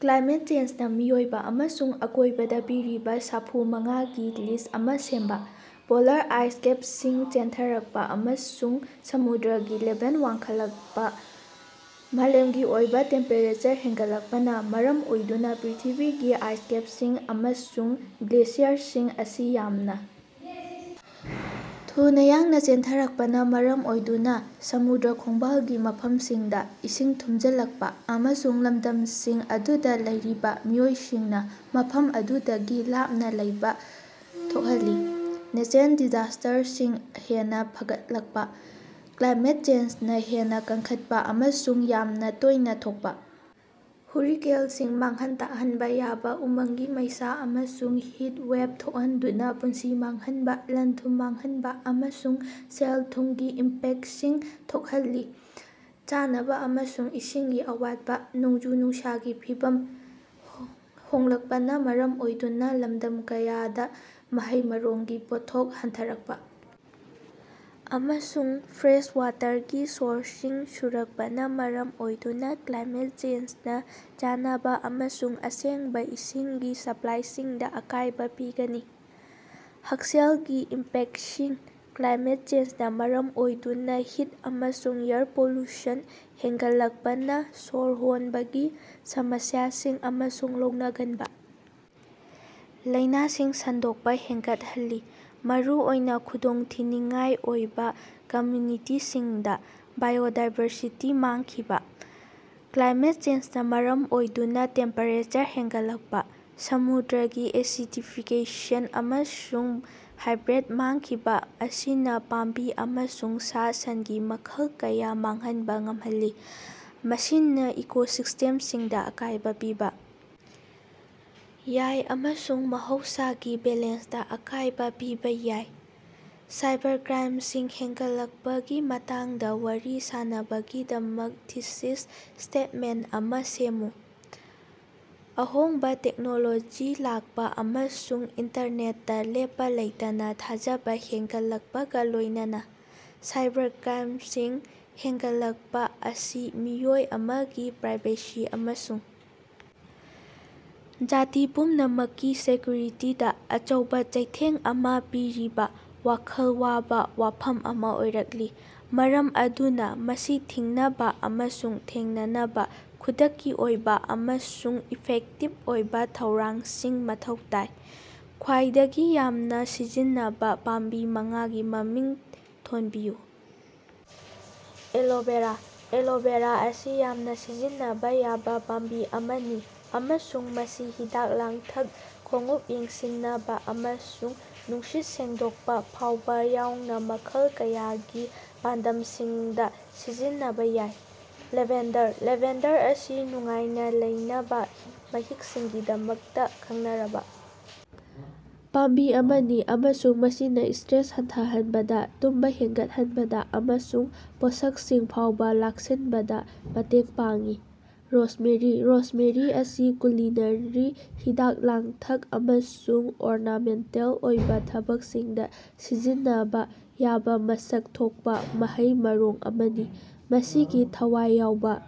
Climate ꯆꯦꯟꯖꯅꯥ ꯃꯤꯑꯣꯏꯕ ꯑꯃꯁꯨꯡ ꯑꯀꯣꯏꯕꯗꯥ ꯄꯤꯔꯤꯕ ꯁꯥꯐꯨ ꯃꯉꯥꯒꯤ ꯂꯤꯁ꯭ꯠ ꯑꯃ ꯁꯦꯝꯕ꯫ ꯄꯣꯂꯥꯔ ꯑꯥꯏꯁ ꯀꯦꯞꯁꯤꯡ ꯆꯦꯟꯊꯔꯛꯄ ꯑꯃꯁꯨꯡ ꯁꯃꯨꯗ꯭ꯔꯒꯤ ꯂꯦꯚꯦꯜ ꯋꯥꯡꯈꯠꯂꯛꯄ - ꯃꯥꯂꯦꯝꯒꯤ ꯑꯣꯏꯕ ꯇꯦꯝꯄꯦꯔꯦꯆꯔ ꯍꯦꯟꯒꯠꯂꯛꯄꯅ ꯃꯔꯝ ꯑꯣꯏꯗꯨꯅ ꯄ꯭ꯔꯤꯊꯤꯕꯤꯒꯤ ꯑꯥꯏꯁ ꯀꯦꯞꯁꯤꯡ ꯑꯃꯁꯨꯡ ꯒ꯭ꯂꯦꯁꯤꯌꯔꯁꯤꯡ ꯑꯁꯤ ꯌꯥꯝꯅ ꯊꯨꯅ ꯌꯥꯡꯅ ꯆꯦꯟꯊꯔꯛꯄꯅ ꯃꯔꯝ ꯑꯣꯏꯗꯨꯅ ꯁꯃꯨꯗ꯭ꯔ ꯈꯣꯡꯕꯥꯜꯒꯤ ꯃꯐꯝꯁꯤꯡꯗ ꯏꯁꯤꯡ ꯊꯨꯝꯖꯤꯜꯂꯛꯄ ꯑꯃꯁꯨꯡ ꯂꯝꯗꯝꯁꯤꯡ ꯑꯗꯨꯗ ꯂꯩꯔꯤꯕ ꯃꯤꯑꯣꯏꯁꯤꯡꯅ ꯃꯐꯝ ꯑꯗꯨꯗꯒꯤ ꯂꯥꯞꯅ ꯂꯩꯕ ꯊꯣꯛꯍꯜꯂꯤ꯫ ꯅꯦꯆꯔꯦꯜ ꯗꯤꯖꯥꯁ꯭ꯇꯔꯁꯤꯡ ꯍꯦꯟꯅ ꯐꯒꯠꯂꯛꯄ - ꯀ꯭ꯂꯥꯏꯃꯦꯠ ꯆꯦꯟꯖꯅꯥ ꯍꯦꯟꯅ ꯀꯟꯈꯠꯄ ꯑꯃꯁꯨꯡ ꯌꯥꯝꯅ ꯇꯣꯏꯅ ꯊꯣꯛꯄ ꯍꯨꯔꯤꯀꯦꯟꯁꯤꯡ, ꯃꯥꯡꯍꯟ ꯇꯥꯛꯍꯟꯕ ꯌꯥꯕ ꯎꯃꯪꯒꯤ ꯃꯩꯁꯥ, ꯑꯃꯁꯨꯡ ꯍꯤꯠ ꯋꯦꯚ ꯊꯣꯛꯍꯟꯗꯨꯅ ꯄꯨꯟꯁꯤ ꯃꯥꯡꯍꯟꯕ, ꯂꯟ-ꯊꯨꯝ ꯃꯥꯡꯍꯟꯕ ꯑꯃꯁꯨꯡ ꯁꯦꯜ-ꯊꯨꯝꯒꯤ ꯏꯝꯄꯦꯛꯇꯁꯤꯡ ꯊꯣꯛꯍꯜꯂꯤ꯫ ꯆꯥꯅꯕ ꯑꯃꯁꯨꯡ ꯏꯁꯤꯡꯒꯤ ꯑꯋꯥꯠꯄ - ꯅꯣꯡꯖꯨ-ꯅꯨꯡꯁꯥꯒꯤ ꯐꯤꯚꯝ ꯍꯣꯡꯂꯛꯄꯅꯥ ꯃꯔꯝ ꯑꯣꯏꯗꯨꯅ ꯂꯝꯗꯝ ꯀꯌꯥꯗ ꯃꯍꯩ-ꯃꯔꯣꯡꯒꯤ ꯄꯣꯠꯊꯣꯛ ꯍꯟꯊꯔꯛꯄ ꯑꯃꯁꯨꯡ ꯐ꯭ꯔꯦꯁ ꯋꯥꯇꯔꯒꯤ ꯁꯣꯔꯁꯁꯤꯡ ꯁꯨꯔꯛꯄꯅꯥ ꯃꯔꯝ ꯑꯣꯏꯗꯨꯅ ꯀ꯭ꯂꯥꯏꯃꯦꯠ ꯆꯦꯟꯖꯅꯥ ꯆꯥꯅꯕꯥ ꯑꯃꯁꯨꯡ ꯑꯁꯦꯡꯕ ꯏꯁꯤꯡꯒꯤ ꯁꯄ꯭ꯂꯥꯏꯁꯤꯡꯗ ꯑꯀꯥꯏꯕ ꯄꯤꯒꯅꯤ꯫ ꯍꯛꯁꯦꯜꯒꯤ ꯏꯝꯄꯦꯛꯇꯁꯤꯡ - ꯀ꯭ꯂꯥꯏꯃꯦꯠ ꯆꯦꯟꯖꯅꯥ ꯃꯔꯝ ꯑꯣꯏꯗꯨꯅ ꯍꯤꯠ ꯑꯃꯁꯨꯡ ꯑꯦꯌꯔ ꯄꯣꯂꯨꯁꯟ ꯍꯦꯟꯒꯠꯂꯛꯄꯅꯥ ꯁꯣꯔ ꯍꯣꯟꯕꯒꯤ ꯁꯃꯁ꯭ꯌꯥꯁꯤꯡ ꯑꯃꯁꯨꯡ ꯂꯧꯅꯒꯟꯕ ꯂꯥꯏꯅꯥꯁꯤꯡ ꯁꯟꯗꯣꯛꯄ ꯍꯦꯟꯒꯠꯍꯜꯂꯤ, ꯃꯔꯨꯑꯣꯏꯅ ꯈꯨꯗꯣꯡꯊꯤꯅꯤꯉꯥꯏ ꯑꯣꯏꯕꯥ ꯀꯝꯃ꯭ꯌꯨꯅꯤꯇꯤꯁꯤꯡꯗ꯫ ꯕꯥꯏꯑꯣꯗꯥꯏꯕꯔꯁꯤꯇꯤ ꯃꯥꯡꯈꯤꯕ - ꯀ꯭ꯂꯥꯏꯃꯦꯠ ꯆꯦꯟꯖꯅꯥ ꯃꯔꯝ ꯑꯣꯏꯗꯨꯅ ꯇꯦꯝꯄꯦꯔꯦꯆꯔ ꯍꯦꯟꯒꯠꯂꯛꯄ, ꯁꯃꯨꯗ꯭ꯔꯒꯤ ꯑꯦꯁꯤꯗꯤꯐꯤꯀꯦꯁꯟ, ꯑꯃꯁꯨꯡ ꯍꯥꯏꯕꯦꯠ ꯃꯥꯡꯈꯤꯕ ꯑꯁꯤꯅ ꯄꯥꯝꯕꯤ ꯑꯃꯁꯨꯡ ꯁꯥ-ꯁꯟꯒꯤ ꯃꯈꯜ ꯀꯌꯥ ꯃꯥꯡꯍꯟꯕ ꯉꯝꯍꯜꯂꯤ, ꯃꯁꯤꯅ ꯏꯀꯣꯁꯤꯁꯇꯦꯝꯁꯤꯡꯗ ꯑꯀꯥꯏꯕ ꯄꯤꯕ ꯌꯥꯏ ꯑꯃꯁꯨꯡ ꯃꯍꯧꯁꯥꯒꯤ ꯕꯦꯂꯦꯟꯁꯇꯥ ꯑꯀꯥꯏꯕ ꯄꯤꯕ ꯌꯥꯏ꯫ ꯁꯥꯏꯕꯔꯀ꯭ꯔꯥꯏꯝꯁꯤꯡ ꯍꯦꯟꯒꯠꯂꯛꯄꯒꯤ ꯃꯇꯥꯡꯗ ꯋꯥꯔꯤ ꯁꯥꯅꯕꯒꯤꯗꯃꯛ ꯊꯤꯁꯤꯁ ꯁ꯭ꯇꯦꯠꯃꯦꯟꯇ ꯑꯃ ꯁꯦꯝꯃꯨ꯫ ꯑꯍꯣꯡꯕ ꯇꯦꯛꯅꯣꯂꯣꯖꯤ ꯂꯥꯛꯄ ꯑꯃꯁꯨꯡ ꯏꯟꯇꯔꯅꯦꯠꯇꯥ ꯂꯦꯞꯄ ꯂꯩꯇꯅꯥ ꯊꯥꯖꯕꯥ ꯍꯦꯟꯒꯠꯂꯛꯄꯒ ꯂꯣꯏꯅꯅꯥ, ꯁꯥꯏꯕꯔꯀ꯭ꯔꯥꯏꯝꯁꯤꯡ ꯍꯦꯅꯒꯠꯂꯀꯄꯥ ꯑꯁꯤ ꯃꯤꯑꯣꯏ ꯑꯃꯒꯤ ꯄ꯭ꯔꯥꯏꯚꯦꯁꯤ ꯑꯃꯁꯨꯡ ꯖꯥꯇꯤ ꯄꯨꯝꯅꯃꯛꯀꯤ ꯁꯦꯀ꯭ꯌꯨꯔꯤꯇꯤꯗ ꯑꯆꯧꯕ ꯆꯩꯊꯦꯡ ꯑꯃ ꯄꯤꯔꯤꯕ ꯋꯥꯈꯜ ꯋꯥꯕ ꯋꯥꯐꯝ ꯑꯃ ꯑꯣꯏꯔꯛꯂꯤ, ꯃꯔꯝ ꯑꯗꯨꯅ ꯃꯁꯤ ꯊꯤꯡꯅꯕ ꯑꯃꯁꯨꯡ ꯊꯦꯡꯅꯅꯕꯥ ꯈꯨꯗꯛꯀꯤ ꯑꯣꯏꯕ ꯑꯃꯁꯨꯡ ꯏꯐꯦꯛꯇꯤꯚ ꯑꯣꯏꯕ ꯊꯧꯔꯥꯡꯁꯤꯡ ꯃꯊꯧ ꯇꯥꯏ꯫ ꯈ꯭ꯋꯥꯏꯗꯒꯤ ꯌꯥꯝꯅ ꯁꯤꯖꯤꯟꯅꯕ ꯄꯥꯝꯕꯤ ꯃꯉꯥꯒꯤ ꯃꯃꯤꯡ ꯊꯣꯟꯕꯤꯌꯨ꯫ ꯑꯦꯂꯣꯚꯦꯔꯥ - ꯑꯦꯂꯣꯚꯦꯔꯥ ꯑꯁꯤ ꯌꯥꯝꯅ ꯁꯤꯖꯤꯟꯅꯕ ꯌꯥꯕ ꯄꯥꯝꯕꯤ ꯑꯃꯅꯤ ꯑꯃꯁꯨꯡ ꯃꯁꯤ ꯍꯤꯗꯥꯛ ꯂꯥꯡꯊꯛ, ꯈꯣꯡꯎꯞ ꯌꯦꯡꯁꯤꯅꯕꯥ, ꯑꯃꯁꯨꯡ ꯅꯨꯡꯁꯤꯠ ꯁꯦꯡꯗꯣꯛꯄ ꯐꯥꯎꯕ ꯌꯥꯎꯅ ꯃꯈꯜ ꯀꯌꯥꯒꯤ ꯄꯥꯟꯗꯝꯁꯤꯡꯗ ꯁꯤꯖꯤꯟꯅꯕ ꯌꯥꯏ꯫ ꯂꯦꯚꯦꯟꯗꯔ - ꯂꯦꯚꯦꯟꯗꯔ ꯑꯁꯤ ꯅꯨꯡꯉꯥꯏꯅ ꯂꯩꯅꯕꯥ ꯃꯍꯤꯛꯁꯤꯡꯒꯤꯗꯃꯛꯇ ꯈꯪꯅꯔꯕꯥ ꯄꯥꯝꯕꯤ ꯑꯃꯅꯤ ꯑꯃꯁꯨꯡ ꯃꯁꯤꯅ ꯁ꯭ꯇꯔꯦꯁ ꯍꯟꯊꯍꯟꯕꯗ, ꯇꯨꯝꯕ ꯍꯦꯟꯒꯠꯍꯟꯕꯗ ꯑꯃꯁꯨꯡ ꯄꯣꯠꯁꯛꯁꯤꯡ ꯐꯥꯎꯕ ꯂꯥꯛꯁꯤꯟꯕꯗꯥ ꯃꯇꯦꯡ ꯄꯥꯡꯏ꯫ ꯔꯣꯖꯃꯦꯔꯤ - ꯔꯣꯖꯃꯦꯔꯤ ꯑꯁꯤ ꯀꯨꯂꯤꯅꯔꯤ, ꯍꯤꯗꯥꯛ-ꯂꯥꯡꯊꯛ ꯑꯃꯁꯨꯡ ꯑꯣꯔꯅꯥꯃꯦꯟꯇꯦꯜ ꯑꯣꯏꯕ ꯊꯕꯛꯁꯤꯡꯗ ꯁꯤꯖꯤꯟꯅꯕꯥ ꯌꯥꯕ ꯃꯁꯛ ꯊꯣꯛꯄ ꯃꯍꯩ-ꯃꯔꯣꯡ ꯑꯃꯅꯤ꯫ ꯃꯁꯤꯒꯤ ꯊꯋꯥꯏ ꯌꯥꯎꯕ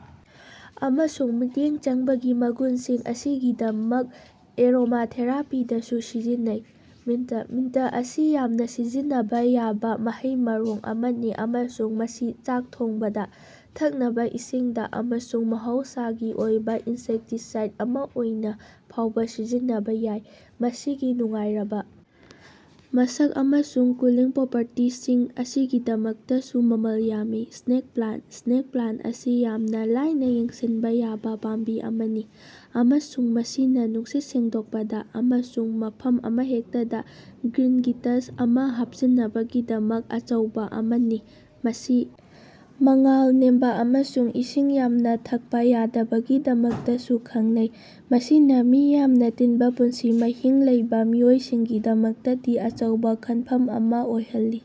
ꯑꯃꯁꯨꯡ ꯃꯤꯠꯌꯦꯡ ꯆꯪꯕꯒꯤ ꯃꯒꯨꯟꯁꯤꯡ ꯑꯁꯤꯒꯤꯗꯃꯛ ꯑꯦꯔꯣꯃꯥꯊꯦꯔꯥꯄꯤꯗꯁꯨ ꯁꯤꯖꯤꯟꯅꯩ꯫ ꯃꯤꯟꯇ - ꯃꯤꯟꯇ ꯑꯁꯤ ꯌꯥꯝꯅ ꯁꯤꯖꯤꯟꯅꯕꯥ ꯌꯥꯕ ꯃꯍꯩ-ꯃꯔꯣꯡ ꯑꯃꯅꯤ ꯑꯃꯁꯨꯡ ꯃꯁꯤ ꯆꯥꯛ ꯊꯣꯡꯕꯗ, ꯊꯛꯅꯕ ꯏꯁꯤꯡꯗ ꯑꯃꯁꯨꯡ ꯃꯍꯧꯁꯥꯒꯤ ꯑꯣꯏꯕ ꯏꯟꯁꯦꯛꯇꯤꯁꯥꯏꯗ ꯑꯃ ꯑꯣꯏꯅ ꯐꯥꯎꯕ ꯁꯤꯖꯤꯟꯅꯕꯥ ꯌꯥꯏ꯫ ꯃꯁꯤꯒꯤ ꯅꯨꯡꯉꯥꯏꯔꯕꯥ ꯃꯁꯛ ꯑꯃꯁꯨꯡ ꯀꯨꯂꯤꯡ ꯄ꯭ꯔꯣꯄꯔꯇꯤꯁꯤꯡ ꯑꯁꯤꯒꯤꯗꯃꯛꯇꯁꯨ ꯃꯃꯜ ꯌꯥꯝꯃꯤ꯫ ꯁ꯭ꯅꯦꯛ ꯄ꯭ꯂꯥꯟꯇ - ꯁ꯭ꯅꯦꯛ ꯄ꯭ꯂꯥꯟꯇ ꯑꯁꯤ ꯌꯥꯝꯅ ꯂꯥꯏꯅꯥ ꯌꯦꯡꯁꯤꯟꯕ ꯌꯥꯕ ꯄꯥꯝꯕꯤ ꯑꯃꯅꯤ ꯑꯃꯁꯨꯡ ꯃꯁꯤꯅ ꯅꯨꯡꯁꯤꯠ ꯁꯦꯡꯗꯣꯛꯄꯗ ꯑꯃꯁꯨꯡ ꯃꯐꯝ ꯑꯃꯍꯦꯛꯇꯗ ꯒ꯭ꯔꯤꯟꯒꯤ ꯇꯆ ꯑꯃ ꯍꯥꯞꯆꯤꯟꯅꯕꯒꯤꯗꯃꯛ ꯑꯆꯧꯕ ꯑꯃꯅꯤ꯫ ꯃꯁꯤ ꯃꯉꯥꯜ ꯅꯦꯝꯕ ꯑꯃꯁꯨꯡ ꯏꯁꯤꯡ ꯌꯥꯝꯅ ꯊꯛꯄ ꯌꯥꯗꯕꯒꯤꯗꯃꯛꯇꯁꯨ ꯈꯪꯅꯩ, ꯃꯁꯤꯅ ꯃꯤ ꯌꯥꯝꯅ ꯇꯤꯟꯕ ꯄꯨꯟꯁꯤ ꯃꯍꯤꯡ ꯂꯩꯕ ꯃꯤꯑꯣꯏꯁꯤꯡꯒꯤꯗꯃꯛꯇꯗꯤ ꯑꯆꯧꯕ ꯈꯟꯐꯝ ꯑꯃ ꯑꯣꯏꯍꯜꯂꯤ꯫